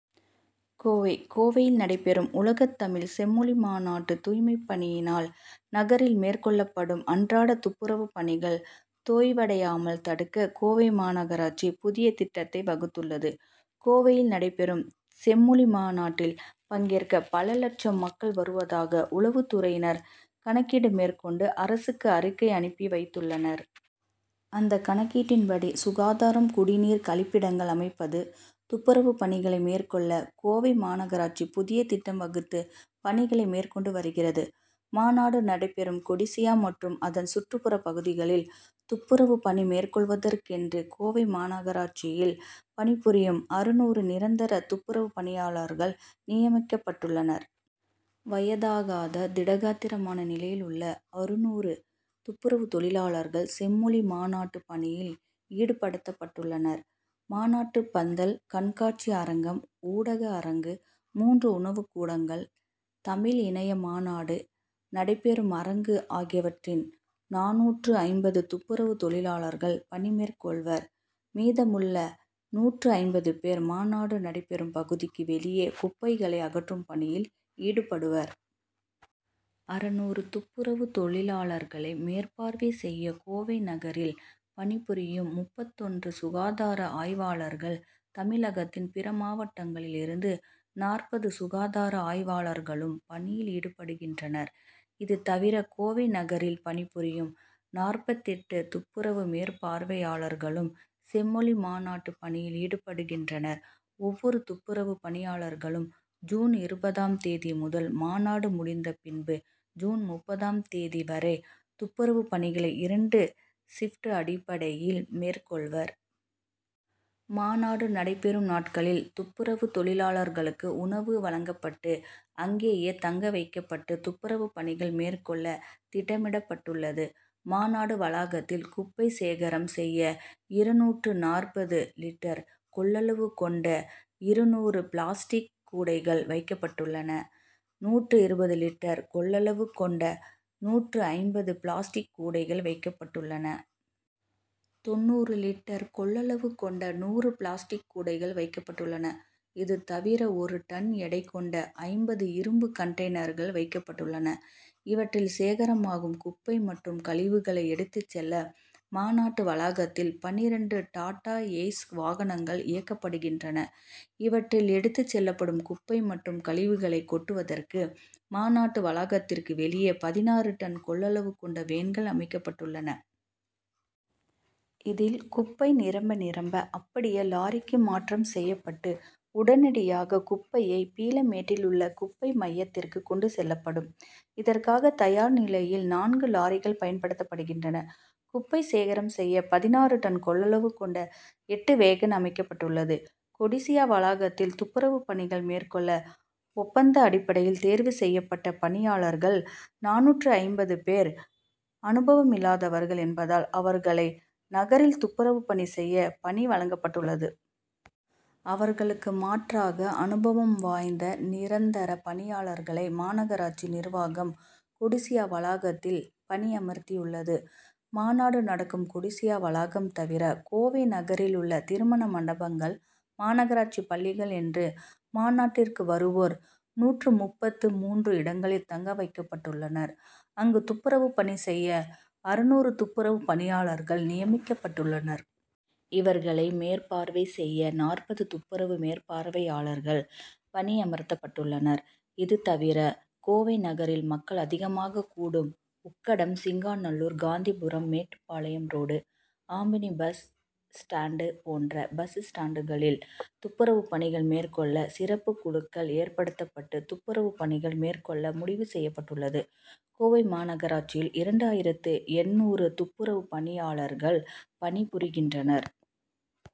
கோவை: கோவையில் நடைபெறும் உலகத்தமிழ்ச் செம்மொழி மாநாட்டு தூய்மைப் பணியினால், நகரில் மேற்கொள்ளப்படும் அன்றாட துப்புரவுப்பணிகள் தொய்வடையாமல் தடுக்க, கோவை மாநகராட்சி புதிய திட்டத்தை வகுத்துள்ளது. கோவையில் நடைபெறும் செம்மொழி மாநாட்டில் பங்கேற்க பல லட்சம் மக்கள் வருவதாக உளவுத்துறையினர் கணக்கீடு மேற்கொண்டு, அரசுக்கு அறிக்கை அனுப்பி வைத்துள்ளனர். அந்த கணக்கீட்டின்படி சுகாதாரம், குடிநீர், கழிப்பிடங்கள் அமைப்பது, துப்புரவுப்பணிகளை மேற்கொள்ள கோவை மாநகராட்சி புதிய திட்டம் வகுத்து பணிகளை மேற்கொண்டு வருகிறது. மாநாடு நடைபெறும் கொடிசியா மற்றும் அதன் சுற்றுப்புற பகுதிகளில் துப்புரவு பணிமேற்கொள்வதற்கென்று கோவை மாநகராட்சியில் பணிபுரியும் அறுநூறு நிரந்தர துப்புரவு பணியாளர்கள் நியமிக்கப்பட்டுள்ளனர். வயதாகாத, திடகாத்திரமான நிலையில் உள்ள அறுநூறு துப்புரவு தொழிலாளர்கள் செம்மொழி மாநாட்டு பணியில் ஈடுபடுத்தப்பட்டுள்ளனர். மாநாட்டு பந்தல், கண்காட்சி அரங்கம், ஊடக அரங்கு, மூன்று உணவுக்கூடங்கள், தமிழ் இணைய மாநாடு நடைபெறும் அரங்கு ஆகியவற்றில் நானூற்று ஐம்பது துப்புரவு தொழிலாளர்கள் பணிமேற்கொள்வர். மீதமுள்ள நூற்று ஐம்பது பேர் மாநாடு நடைபெறும் பகுதிக்கு வெளியே, குப்பைகளை அகற்றும் பணியில் ஈடுபடுவர். அறுநூறு துப்புரவு தொழிலாளர்களை மேற்பார்வை செய்ய கோவை நகரில் பணிபுரியும் முப்பத்தொன்று சுகாதார ஆய்வாளர்கள், தமிழகத்தின் பிற மாவட்டங்களில் இருந்து நாற்பது சுகாதார ஆய்வாளர்களும் பணியில் ஈடுபடுகின்றனர். இது தவிர, கோவை நகரில் பணிபுரியும் நாற்பத்தெட்டு துப்புரவு மேற்பார்வையாளர்களும் செம்மொழி மாநாட்டுப் பணியில் ஈடுபடுகின்றனர். ஒவ்வொரு துப்புரவு பணியாளர்களும் ஜூன் இருபதாம் தேதி முதல் மாநாடு முடிந்த பின்பு ஜூன் முப்பதாம் தேதி வரை துப்புரவு பணிகளை இரண்டு ஷிப்ட் அடிப்படையில் மேற்கொள்வர். மாநாடு நடைபெறும் நாட்களில் துப்புரவு தொழிலாளர்களுக்கு உணவு வழங்கப்பட்டு, அங்கேயே தங்கவைக்கப்பட்டு துப்புரவு பணிகள் மேற்கொள்ள திட்டமிடப்பட்டுள்ளது. மாநாடு வளாகத்தில் குப்பை சேகரம் செய்ய இருநூற்று நாற்பது லிட்டர் கொள்ளளவு கொண்ட இருநூறு பிளாஸ்டிக் கூடைகள் வைக்கப்பட்டுள்ளன. நூற்று இருபது லிட்டர் கொள்ளளவு கொண்ட நூற்று ஐம்பது பிளாஸ்டிக் கூடைகள் வைக்கப்பட்டுள்ளன. தொண்ணூறு லிட்டர் கொள்ளளவு கொண்ட நூறு பிளாஸ்டிக் கூடைகள் வைக்கப்பட்டுள்ளன. இது தவிர ஒரு டன் எடை கொண்ட ஐம்பது இரும்பு கன்டெய்னர்கள் வைக்கப்பட்டுள்ளன. இவற்றில் சேகரமாகும் குப்பை மற்றும் கழிவுகளை எடுத்து செல்ல மாநாட்டு வளாகத்தில் பன்னிரண்டு டாட்டா ஏஸ் வாகனங்கள் இயக்கப்படுகின்றன. இவற்றில் எடுத்துச் செல்லப்படும் குப்பை மற்றும் கழிவுகளை கொட்டுவதற்கு மாநாட்டு வளாகத்திற்கு வெளியே பதினாறு டன் கொள்ளளவு கொண்ட வேகன் அமைக்கப்பட்டுள்ளது. இதில் குப்பை நிரம்ப நிரம்ப அப்படியே லாரிக்கு மாற்றம் செய்யப்பட்டு உடனடியாக குப்பை, பீளமேட்டிலுள்ள குப்பை மையத்திற்கு கொண்டு செல்லப்படும். இதற்காக தயார் நிலையில் நான்கு லாரிகள் பயன்படுத்தப்படுகின்றன. குப்பை சேகரம் செய்ய பதினாறு டன் கொள்ளளவு கொண்ட எட்டு வேகன் வைக்கப்பட்டுள்ளது. கொடிசியா வளாகத்தில் துப்புரவு பணிகள் மேற்கொள்ள ஒப்பந்த அடிப்படையில் தேர்வு செய்யப்பட்ட பணியாளர்கள் நானூற்று ஐம்பது பேர் அனுபவமில்லாதவர்கள் என்பதால் அவர்களை நகரில் துப்புரவு பணி செய்ய பணி வழங்கப்பட்டுள்ளது. அவர்களுக்கு மாற்றாக அனுபவம் வாய்ந்த நிரந்தர பணியாளர்களை மாநகராட்சி நிர்வாகம் கொடிசியா வளாகத்தில் பணியமர்த்தியுள்ளது. மாநாடு நடக்கும் கொடிசியா வளாகம் தவிர, கோவை நகரிலுள்ள திருமண மண்டபங்கள், மாநகராட்சி பள்ளிகள் என்று மாநாட்டுக்கு வருவோர் நூற்று முப்பத்து மூன்று இடங்களில் தங்க வைக்கப்பட்டுள்ளனர். அங்கு துப்புரவு பணி செய்ய அறுநூறு துப்புரவு பணியாளர்கள் நியமிக்கப்பட்டுள்ளனர். இவர்களை மேற்பார்வை செய்ய நாற்பது துப்புரவு மேற்பார்வையாளர்கள் பணியமர்த்தப்பட்டுள்ளனர். இது தவிர கோவை நகரில் மக்கள் அதிகமாகக் கூடும் Ukkadam, Singanallur, Gandhipuram, Mettupalayam road, omnibus stand போன்ற பஸ் ஸ்டாண்டுகளில் துப்புரவுப் பணிகள் மேற்கொள்ள சிறப்புக்குழுக்கள் ஏற்படுத்தப்பட்டு துப்புரவுப் பணிகள் மேற்கொள்ள முடிவு செய்யப்பட்டுள்ளது. கோவை மாநகராட்சியில் இரண்டு ஆயிரத்து எண்ணூறு துப்புரவு பணியாளர்கள் பணிபுரிகின்றனர்,